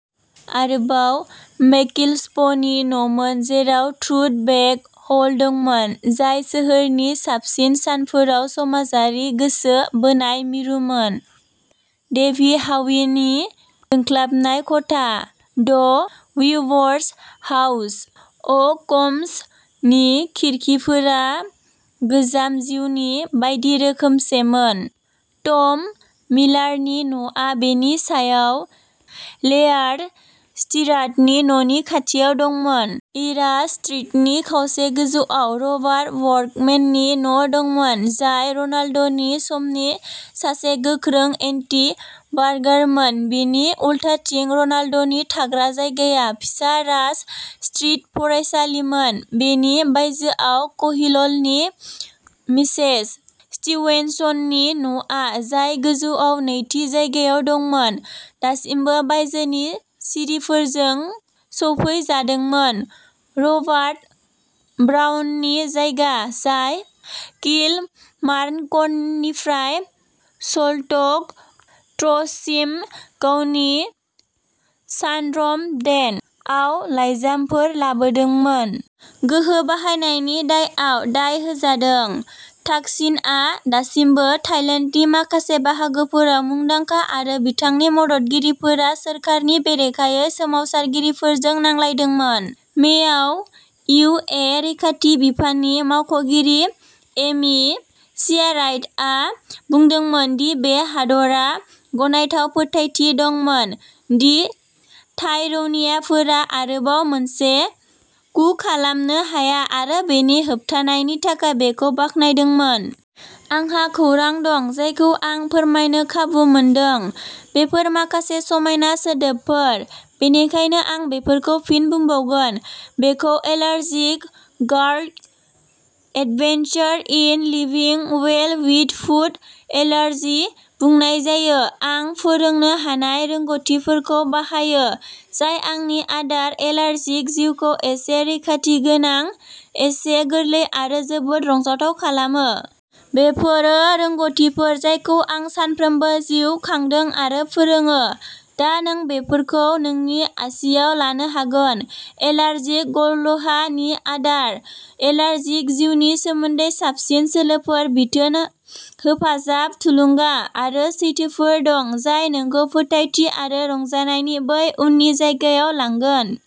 आरोबाव मेककिलप्सनि न'मोन, जेराव "थ्रु द बेक" ह'ल दंमोन, जाय सोहोरनि साबसिन सानफोराव समाजारि गोसो बोनाय मिरुमोन। डेभि हाविनि जोंख्लाबनाय खथा। "द वीवर्स हाउस अ'कमन्स" नि खिरखिफोरा गोजाम जिउनि बायदि रोखोमसेमोन। टम मिलारनि न'आ बेनि सायाव, लेयार्ड स्टिराटनि न'नि खाथियाव दंमोन। राइज स्ट्रीटनि खावसे गोजौआव रबार्ट वर्कमेननि न'दंमोन, जाय र'नाल्डनि समनि सासे गोख्रों एन्टी-बार्गारमोन। बिनि उल्थाथिं। र'नाल्डनि थाग्रा जायगाया फिसा रायज स्ट्रीट फरायसालिमोन; बेनि बायजोआव, क'ल्हिलनि मिसेस स्टीवेन्सननि न'आ, जाय गोजौआव नैथि जायगायाव दंमोन, दासिमबो बायजोनि सिरिफोरजों सौफैजादोंमोन, रबार्ट ब्राउननि जायगा जाय किलमार्नकनिफ्राय सल्टक'ट्ससिम गावनि "शानड्रम डेन" आव लाइजामफोर लाबोदोंमोन। गोहो बाहायनायनि दायआव दाय होजादों। थाकसिनआ दासिमबो थाइलेन्डनि माखासे बाहागोफोराव मुंदांखा, आरो बिथांनि मददगिरिफोरा सोरखारनि बेरेखायै सोमावसारगिरिफोरजों नांलायदोंमोन। मेआव, इउ. एस. रैखाथि बिफाननि मावख'गिरि एमि सियाराइटआ बुंदोंमोन दि बे हादरा "गनायथाव फोथायथि" दंमोन दि थाइ रौनियाफोरा आरोबाव मोनसे कू खालामनो हाया आरो बेनि होबथानायनि थाखाय बेखौ बाख्नायदोंमोन। आंहा खौरां दं जायखौ आं फोरमायनो खाबु मोनदों। बेफोर माखासे समायना सोदोबफोर, बेनिखायनो आं बेफोरखौ फिन बुंबावगोन। बेखौ allergic girl adventurous in living well with food allergy बुंनाय जायो। आं फोरोंनो हानाय रोंग'थिफोरखौ बाहायो जाय आंनि आदार एलार्जिक जिउखौ एसे रैखाथि गोनां, एसे गोरलै आरो जोबोद रंजाथाव खालामो। बेफोरो रोंग'थिफोर जायखौ आं सानफ्रोमबो जिउ खांदों आरो फोरोङो। दा, नों बेफोरखौ नोंनि आसिआव लानो हागोन! एलार्जिक गार्लहा नोंनि आदार एलार्जिक जिउनि सोमोन्दै साबसिन सोलोफोर, बिथोन, हेफाजाब, थुलुंगा आरो सैथोफोर दं जाय नोंखौ फोथायथि आरो रंजानायनि बै उननि जायगायाव लांगोन।